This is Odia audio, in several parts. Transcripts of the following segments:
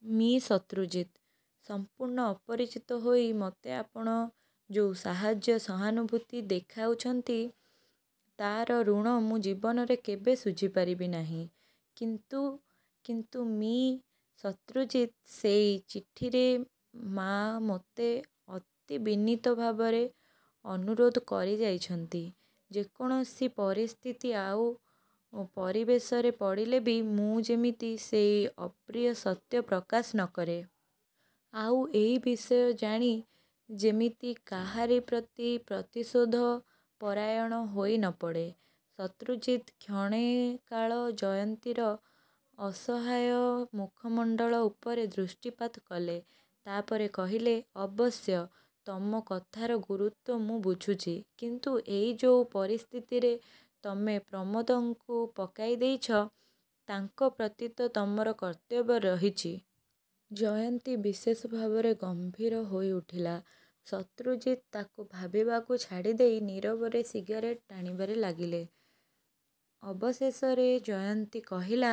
' 'ମି: ଶତ୍ରୁଜିତ! ସଂପୂର୍ଣ୍ଣ ଅପରିଚିତ ହୋଇ ମୋତେ ଆପଣ ଯୋଉ ସାହାଯ୍ୟ ସହାନୁଭୁତି ଦେଖାଉଛନ୍ତି, ତାର ଋଣ ମୁଁ ଜୀବନରେ କେବେ ଶୁଝିପାରିବି ନାହିଁ। କିନ୍ତୁ କିନ୍ତୁ ମି: ଶତ୍ରୁଜିତ ସେଇ ଚିଠିରେ ମାଆ ମୋତେ ଅତି ବିନୀତ ଭାବରେ ଅନୁରୋଧ କରିଯାଇଛନ୍ତି, ଯେକୌଣସି ପରିସ୍ଥିତି ଆଉ ପରିବେଶରେ ପଡ଼ିଲେ ବି ମୁଁ ଯେମିତି ସେଇ ଅପ୍ରିୟ ସତ୍ୟ ପ୍ରକାଶ ନ କରେ। ଆଉ ଏଇ ବିଷୟ ଜାଣି ଯେମିତି କାହାରି ପ୍ରତି ପ୍ରତିଶୋଧପରାୟଣ ହୋଇ ନ ପଡ଼େ। ' ଶତ୍ରୁଜିତ କ୍ଷଣେକାଳ ଜୟନ୍ତୀର ଅସହାୟ ମୁଖମଣ୍ଡଳ ଉପରେ ଦୃଷ୍ଟିପାତ କଲେ। ତା'ପରେ କହିଲେ, 'ଅବଶ୍ୟ ତମ କଥାର ଗୁରୁତ୍ୱ ମୁଁ ବୁଝୁଛି। କିନ୍ତୁ ଏଇ ଯୋଉ ପରିସ୍ଥିତିରେ ତମେ ପ୍ରମୋଦଙ୍କୁ ପକାଇଦେଇଛ, ତାଙ୍କ ପ୍ରତିତ ତମର କର୍ତ୍ତବ୍ୟ ରହିଚି। ' ଜୟନ୍ତୀ ବିଶେଷ ଭାବରେ ଗମ୍ଭୀର ହୋଇଉଠିଲା। ଶତ୍ରୁଜିତ ତାକୁ ଭାବିବାକୁ ଛାଡ଼ିଦେଇ ନୀରବରେ ସିଗାରେଟ ଟାଣିବାରେ ଲାଗିଲେ। ଅବଶେଷରେ ଜୟନ୍ତୀ କହିଲା,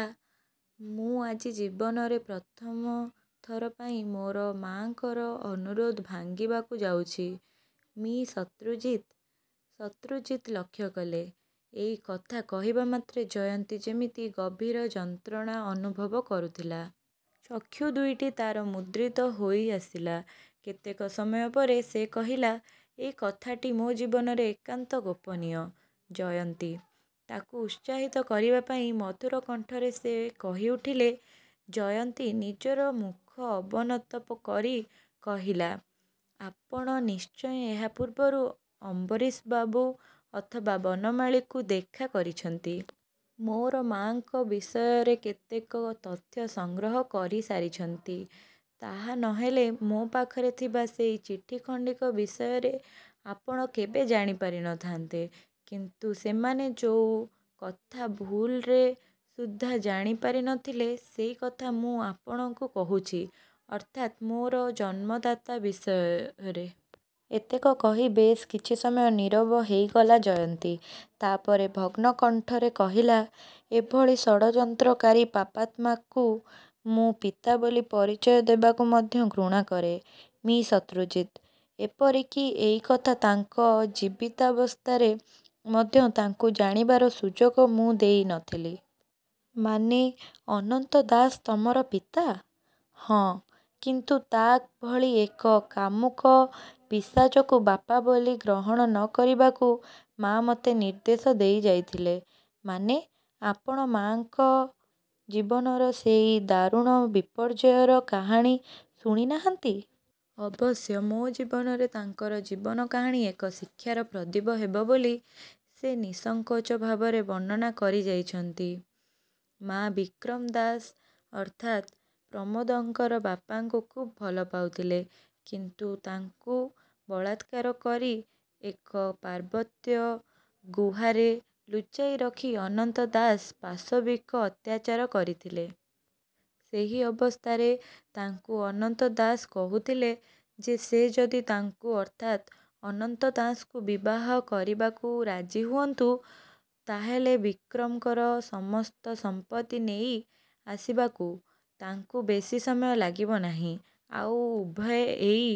'ମୁଁ ଆଜି ଜୀବନରେ ପ୍ରଥମଥର ପାଇଁ ମୋର ମାଆଙ୍କର ଅନୁରୋଧ ଭାଙ୍ଗିବାକୁ ଯାଉଛି, ମି: ଶତ୍ରୁଜିତ! ' ଶତ୍ରୁଜିତ ଲକ୍ଷ୍ୟ କଲେ, ଏଇକଥା କହିବା ମାତ୍ରେ ଜୟନ୍ତୀ ଯେମିତି ଗଭୀର ଯନ୍ତ୍ରଣା ଅନୁଭବ କରୁଥିଲା। ଚକ୍ଷୁ ଦୁଇଟି ତା'ର ମୁଦ୍ରିତ ହୋଇଆସିଲା। କେତେକ ସମୟ ପରେ ସେ କହିଲା, ଏଇ କଥାଟି ମୋ ଜୀବନରେ ଏକାନ୍ତ ଗୋପନୀୟ। ' 'ଜୟନ୍ତୀ! ' ତାକୁ ଉତ୍ସାହିତ କରିବାପାଇଁ ମଧୁର କଣ୍ଠରେ ସେ କହିଉଠିଲେ ଜୟନ୍ତୀ ନିଜର ମୁଖ ଅବନତ କରି କହିଲା, 'ଆପଣ ନିଶ୍ଚୟ ଏହା ପୂର୍ବରୁ ଅମ୍ୱରୀଶବାବୁ ଅଥବା ବନମାଳୀକୁ ଦେଖା କରିଛନ୍ତି। ମୋର ମାଆଙ୍କ ବିଷୟରେ କେତେକ ତଥ୍ୟ ସଂଗ୍ରହ କରିସାରିଛନ୍ତି। ତାହା ନ ହେଲେ ମୋ ପାଖରେ ଥିବା ସେଇ ଚିଠିଖଣ୍ଡିକ ବିଷୟରେ ଆପଣ କେବେ ଜାଣି ପାରି ନ ଥାନ୍ତେ। ' କିନ୍ତୁ ସେମାନେ ଯୋଉ କଥା ଭୁଲରେ ସୁଦ୍ଧା ଜାଣିପାରି ନ ଥିଲେ ସେଇ କଥା ମୁଁ ଆପଣଙ୍କୁ କହୁଛି, ଅର୍ଥାତ୍ ମୋର ଜନ୍ମଦାତା ବିଷୟରେ। ଏତକ କହି ବେଶ୍ କିଛି ସମୟ ନୀରବ ହେଇଗଲା ଜୟନ୍ତୀ। ତାପରେ ଭଗ୍ନକଣ୍ଠରେ କହିଲା, 'ଏଭଳି ଷଡ଼ଯନ୍ତ୍ରକାରୀ ପାପାତ୍ମାକୁ ମୁଁ ପିତା ବୋଲି ପରିଚୟ ଦେବାକୁ ମଧ୍ୟ ଘୃଣା କରେ ମି: ଶତ୍ରୁଜିତ! ଏପରିକି ଏଇ କଥା ତାଙ୍କ ଜୀବିତାବସ୍ଥାରେ ମଧ୍ୟ ତାଙ୍କୁ ଜାଣିବାର ସୁଯୋଗ ମୁଁ ଦେଇ ନ ଥିଲି। ' 'ମାନେ, ଅନନ୍ତ ଦାସ ତମର ପିତା? ' 'ହଁ। କିନ୍ତୁ ତା ଭଳି ଏକ କାମୁକ ପିଶାଚକୁ ବାପା ବୋଲି ଗ୍ରହଣ ନ କରିବାକୁ ମାଆ ମୋତେ ନିର୍ଦ୍ଦେଶ ଦେଇଯାଇଥିଲେ। ' 'ମାନେ? ' 'ଆପଣ ମାଆଙ୍କ ଜୀବନର ସେଇ ଦାରୁଣ ବିପର୍ଯ୍ୟୟର କାହାଣୀ ଶୁଣିନାହାନ୍ତି। ଅବଶ୍ୟ ମୋ ଜୀବନରେ ତାଙ୍କର ଜୀବନକାହାଣୀ ଏକ ଶିକ୍ଷାର ପ୍ରଦୀପ ହେବ ବୋଲି ସେ ନିଃସଙ୍କୋଚ ଭାବରେ ବର୍ଣ୍ଣନା କରିଯାଇଛନ୍ତି। ମାଆ ବିକ୍ରମ ଦାସ ଅର୍ଥାତ୍ ପ୍ରମୋଦଙ୍କର ବାପାଙ୍କୁ ଖୁବ୍ ଭଲ ପାଉଥିଲେ। କିନ୍ତୁ ତାଙ୍କୁ ବଳାତ୍କର କରି ଏକ ପାର୍ବତ୍ୟ ଗୁହାରେ ଲୁଚାଇ ରଖି ଅନନ୍ତ ଦାସ ପାଶବିକ ଅତ୍ୟାଚାର କରିଥିଲେ। ସେହି ଅବସ୍ଥାରେ ତାଙ୍କୁ ଅନନ୍ତ ଦାସ କହୁଥିଲେ ଯେ ସେ ଯଦି ତାଙ୍କୁ ଅର୍ଥାତ୍ ଅନନ୍ତ ଦାସଙ୍କୁ ବିବାହ କରିବାକୁ ରାଜି ହୁଅନ୍ତୁ, ତା'ହେଲେ ବିକ୍ରମଙ୍କର ସମସ୍ତ ସମ୍ପତ୍ତି ନେଇ ଆସିବାକୁ ତାଙ୍କୁ ବେଶୀ ସମୟ ଲାଗିବ ନାହିଁ। ଆଉ ଉଭୟେ ଏଇ